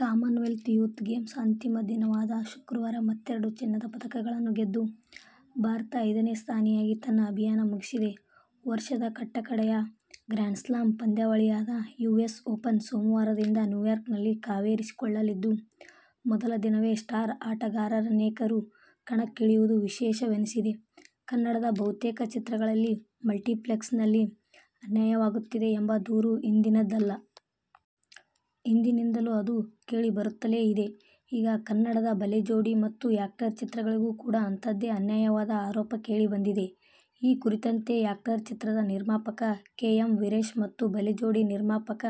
Commonwealth youth ಗೇಮ್ಸ್ನ ಅಂತಿಮ ದಿನವಾದ ಶುಕ್ರವಾರ ಮತ್ತೆರಡು ಚಿನ್ನದ ಪದಕಗಳನ್ನು ಗೆದ್ದ ಭಾರತ ಐದನೇ ಸ್ಥಾನಿಯಾಗಿ ತನ್ನ ಅಭಿಯಾನ ಮುಗಿಸಿದೆ. ವರ್ಷದ ಕಟ್ಟಕಡೆಯ ಗ್ರ್ಯಾನ್ಸ್ಲಾಮ್ ಪಂದ್ಯಾವಳಿಯಾದ ಯುಎಸ್ ಓಪನ್ ಸೋಮವಾರದಿಂದ ನ್ಯೂಯಾರ್ಕ್ನಲ್ಲಿ ಕಾವೇರಿಸಿಕೊಳ್ಳಲಿದ್ದು, ಮೊದಲ ದಿನವೇ ಸ್ಟಾರ್ ಆಟಗಾರರನೇಕರು ಕಣಕ್ಕಿಳಿಯುವುದು ವಿಶೇಷವೆನಿಸಿದೆ. ಕನ್ನಡದ ಬಹುತೇಕ ಚಿತ್ರಗಳಿಗೆ ಮಲ್ಟಿಪ್ಲೆಕ್ಸ್ನಲ್ಲಿ ಅನ್ಯಾಯವಾಗುತ್ತಿದೆ ಎಂಬ ದೂರು ಇಂದಿನದ್ದಲ್ಲ. ಹಿಂದಿನಿಂದಲೂ ಅದು ಕೇಳಿಬರುತ್ತಲೇ ಇದೆ. ಈಗ ಕನ್ನಡದ 'ಭಲೇ ಜೋಡಿ' ಮತ್ತು 'ಆ್ಯಕ್ಟರ್' ಚಿತ್ರಗಳಿಗೂ ಕೂಡ ಅಂಥದ್ದೇ ಅನ್ಯಾಯವಾದ ಆರೋಪ ಕೇಳಿಬಂದಿದೆ. ಈ ಕುರಿತಂತೆ 'ಆ್ಯಕ್ಟರ್' ಚಿತ್ರದ ನಿರ್ಮಾಪಕ ಕೆ. ಎಂ. ವೀರೇಶ್ ಮತ್ತು 'ಭಲೇ ಜೋಡಿ' ನಿರ್ಮಾಪಕ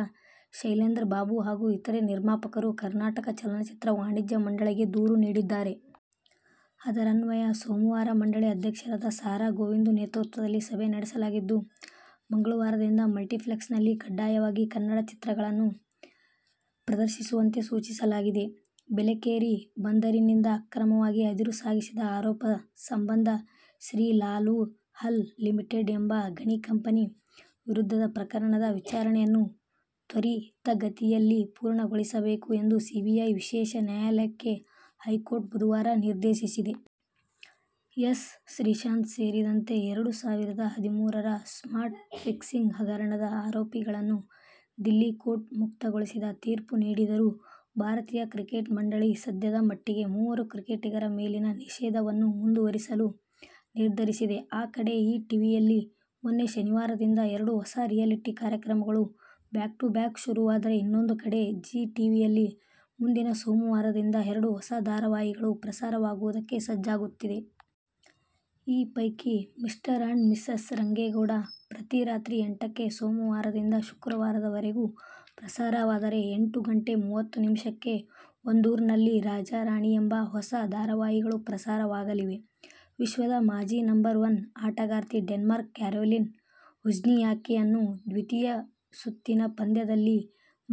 ಶೈಲೇಂದ್ರಬಾಬು ಹಾಗೂ ಇತರೆ ನಿರ್ಮಾಪಕರು ಕರ್ನಾಟಕ ಚಲನಚಿತ್ರ ವಾಣಿಜ್ಯ ಮಂಡಳಿಗೆ ದೂರು ನೀಡಿದ್ದಾರೆ. ಅದರನ್ವಯ ಸೋಮವಾರ ಮಂಡಳಿ ಅಧ್ಯಕ್ಷರಾದ ಸಾ. ರಾ. ಗೋವಿಂದು ನೇತೃತ್ವದಲ್ಲಿ ಸಭೆ ನಡೆಸಲಾಗಿದ್ದು, ಮಂಗಳವಾರದಿಂದ ಮಲ್ಟಿಪ್ಲೆಕ್ಸ್ನಲ್ಲಿ ಕಡ್ಡಾಯವಾಗಿ ಕನ್ನಡ ಚಿತ್ರಗಳನ್ನು ಪ್ರದರ್ಶಿಸುವಂತೆ ಸೂಚಿಸಲಾಗಿದೆ. ಬೇಲೆಕೇರಿ ಬಂದರಿನಿಂದ ಅಕ್ರಮವಾಗಿ ಅದಿರು ಸಾಗಿಸಿದ ಆರೋಪ ಸಂಬಂಧ ಶ್ರೀಲಾಲ್ವುಹಲ್ ಲಿಮಿಟೆಡ್ ಎಂಬ ಗಣಿ ಕಂಪನಿ ವಿರುದ್ಧದ ಪ್ರಕರಣದ ವಿಚಾರಣೆಯನ್ನು ತ್ವರಿತಗತಿಯಲ್ಲಿ ಪೂರ್ಣಗೊಳಿಸಬೇಕು ಎಂದು ಸಿಬಿಐ ವಿಶೇಷ ನ್ಯಾಯಾಲಯಕ್ಕೆ ಹೈಕೋರ್ಟ್ ಬುಧವಾರ ನಿರ್ದೇಶಿಸಿದೆ. ಎಸ್. ಶ್ರೀಶಾಂತ್ ಸೇರಿದಂತೆ ಎರಡು ಸಾವಿರದ ಹದಿಮೂರರ ಸ್ಪಾಟ್ ಫಿಕ್ಸಿಂಗ್ ಹಗರಣದ ಆರೋಪಿಗಳನ್ನು ದಿಲ್ಲಿ ಕೋರ್ಟ್ ಮುಕ್ತಗೊಳಿಸಿದ ತೀರ್ಪು ನೀಡಿದರೂ ಭಾರತೀಯ ಕ್ರಿಕೆಟ್ ಮಂಡಳಿ ಸದ್ಯದ ಮಟ್ಟಿಗೆ ಮೂವರು ಕ್ರಿಕೆಟಿಗರ ಮೇಲಿನ ನಿಷೇಧವನ್ನು ಮುಂದುವರಿಸಲು ನಿರ್ಧರಿಸಿದೆ. ಆ ಕಡೆ ಈ ಟಿವಿಯಲ್ಲಿ ಮೊನ್ನೆ ಶನಿವಾರದಿಂದ ಎರಡು ಹೊಸ ರಿಯಾಲಿಟಿ ಕಾರ್ಯಕ್ರಮಗಳು ಬ್ಯಾಕ್ ಟು ಬ್ಯಾಕ್ ಶುರುವಾದರೆ, ಇನ್ನೊಂದು ಕಡೆ ಜೀ ಟಿವಿಯಲ್ಲಿ ಮುಂದಿನ ಸೋಮವಾರದಿಂದ ಎರಡು ಹೊಸ ಧಾರಾವಾಹಿಗಳು ಪ್ರಸಾರವಾಗುವುದಕ್ಕೆ ಸಜ್ಜಾಗುತ್ತಿದೆ. ಈ ಪೈಕಿ "ಮಿಸ್ಟರ್ ಅಂಡ್ ಮಿಸಸ್ ರಂಗೇಗೌಡ' ಪ್ರತಿ ರಾತ್ರಿ ಎಂಟಕ್ಕೆ ಸೋಮವಾರದಿಂದ ಶುಕ್ರವಾರದವರೆಗೂ ಪ್ರಸಾರವಾದರೆ, ಎಂಟು ಗಂಟೆ ಮೂವತ್ತು ನಿಮಿಷಕ್ಕೆ "ಒಂದೂರ್ನಲ್ಲಿ ರಾಜ-ರಾಣಿ' ಎಂಬ ಹೊಸ ಧಾರಾವಾಹಿಗಳು ಪ್ರಸಾರವಾಗಲಿವೆ. ವಿಶ್ವದ ಮಾಜಿ ನಂಬರ್ ವನ್ ಆಟಗಾರ್ತಿ ಡೆನ್ಮಾರ್ಕ್ನ ಕ್ಯಾರೋಲಿನ್ ವೋಜ್ನಿಯಾಕಿಯನ್ನು ದ್ವಿತೀಯ ಸುತ್ತಿನ ಪಂದ್ಯದಲ್ಲಿ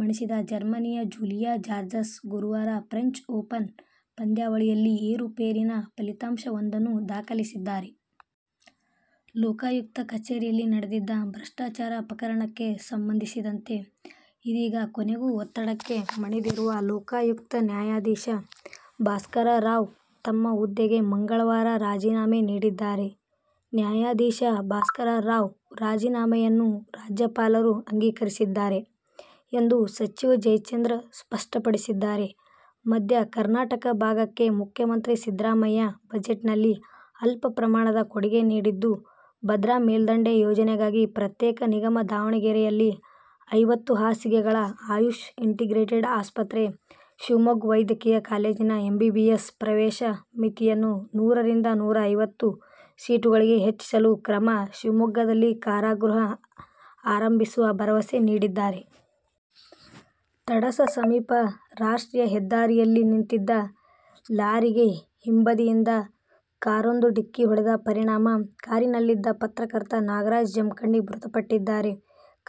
ಮಣಿಸಿದ ಜರ್ಮನಿಯ ಜೂಲಿಯಾ ಜಾರ್ಜಸ್ ಗುರುವಾರ ಫ್ರೆಂಚ್ ಓಪನ್ ಪಂದ್ಯಾವಳಿಯಲ್ಲಿ ಏರುಪೇರಿನ ಫಲಿತಾಂಶವೊಂದನ್ನು ದಾಖಲಿಸಿದ್ದಾರೆ. ಲೋಕಾಯುಕ್ತ ಕಚೇರಿಯಲ್ಲಿ ನಡೆದಿದ್ದ ಭ್ರಷ್ಟಾಚಾರ ಪ್ರಕರಣಕ್ಕೆ ಸಂಬಂಧಿಸಿದಂತೆ ಇದೀಗ ಕೊನೆಗೂ ಒತ್ತಡಕ್ಕೆ ಮಣಿದಿರುವ ಲೋಕಾಯುಕ್ತ ನ್ಯಾಯಾಧೀಶ ಭಾಸ್ಕರರಾವ್ ತಮ್ಮ ಹುದ್ದೆಗೆ ಮಂಗಳವಾರ ರಾಜೀನಾಮೆ ನೀಡಿದ್ದಾರೆ. ನ್ಯಾಯಾಧೀಶ ಭಾಸ್ಕರರಾವ್ ರಾಜೀನಾಮೆಯನ್ನು ರಾಜ್ಯಪಾಲರು ಅಂಗೀಕರಿಸಿದ್ದಾರೆ ಎಂದು ಸಚಿವ ಜಯಚಂದ್ರ ಸ್ಪಷ್ಟಪಡಿಸಿದ್ದಾರೆ. ಮಧ್ಯ ಕರ್ನಾಟಕ ಭಾಗಕ್ಕೆ ಮುಖ್ಯಮಂತ್ರಿ ಸಿದ್ದರಾಮಯ್ಯ ಬಜೆಟ್ನಲ್ಲಿ ಅಲ್ಪ ಪ್ರಮಾಣದ ಕೊಡುಗೆ ನೀಡಿದ್ದು, ಭದ್ರಾ ಮೇಲ್ದಂಡೆ ಯೋಜನೆಗಾಗಿ ಪ್ರತ್ಯೇಕ ನಿಗಮ, ದಾವಣಗೆರೆಯಲ್ಲಿ ಐವತ್ತು ಹಾಸಿಗೆಗಳ ಆಯುಷ್ ಇಂಟಿಗ್ರೇಟೆಡ್ ಆಸ್ಪತ್ರೆ, ಶಿವಮೊಗ್ಗ ವೈದ್ಯಕೀಯ ಕಾಲೇಜಿನ ಎಂಬಿಬಿಎಸ್ ಪ್ರವೇಶ ಮಿತಿಯನ್ನು ನೂರರಿಂದ ನೂರೈವತ್ತು ಸೀಟುಗಳಿಗೆ ಹೆಚ್ಚಿಸಲು ಕ್ರಮ, ಶಿವಮೊಗ್ಗದಲ್ಲಿ ಕಾರಾಗೃಹ ಆರಂಭಿಸುವ ಭರವಸೆ ನೀಡಿದ್ದಾರೆ. ತಡಸ ಸಮೀಪ ರಾಷ್ಟ್ರೀಯ ಹೆದ್ದಾರಿಯಲ್ಲಿ ನಿಂತಿದ್ದ ಲಾರಿಗೆ ಹಿಂಬದಿಯಿಂದ ಕಾರೊಂದು ಡಿಕ್ಕಿ ಹೊಡೆದ ಪರಿಣಾಮ ಕಾರಿನಲ್ಲಿದ್ದ ಪತ್ರಕರ್ತ ನಾಗರಾಜ ಜಮಖಂಡಿ ಮೃತಪಟ್ಟಿದ್ದಾರೆ.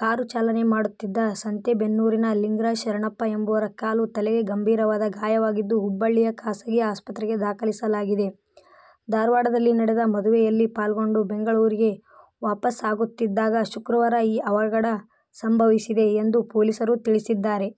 ಕಾರು ಚಾಲನೆ ಮಾಡುತ್ತಿದ್ದ ಸಂತೇಬೆನ್ನೂರಿನ ಲಿಂಗರಾಜ ಶರಣಪ್ಪ ಎಂಬುವರ ಕಾಲು, ತಲೆಗೆ ಗಂಭೀರವಾದ ಗಾಯವಾಗಿದ್ದು, ಹುಬ್ಬಳ್ಳಿಯ ಖಾಸಗಿ ಆಸ್ಪತ್ರೆಗೆ ದಾಖಲಿಸಲಾಗಿದೆ. ಧಾರವಾಡದಲ್ಲಿ ನಡೆದ ಮದುವೆಯಲ್ಲಿ ಪಾಲ್ಗೊಂಡು ಬೆಂಗಳೂರಿಗೆ ವಾಪಸಾಗುತ್ತಿದ್ದಾಗ ಶುಕ್ರವಾರ ಈ ಅವಘಡ ಸಂಭವಿಸಿದೆ ಎಂದು ಪೊಲೀಸರು ತಿಳಿಸಿದ್ದಾರೆ.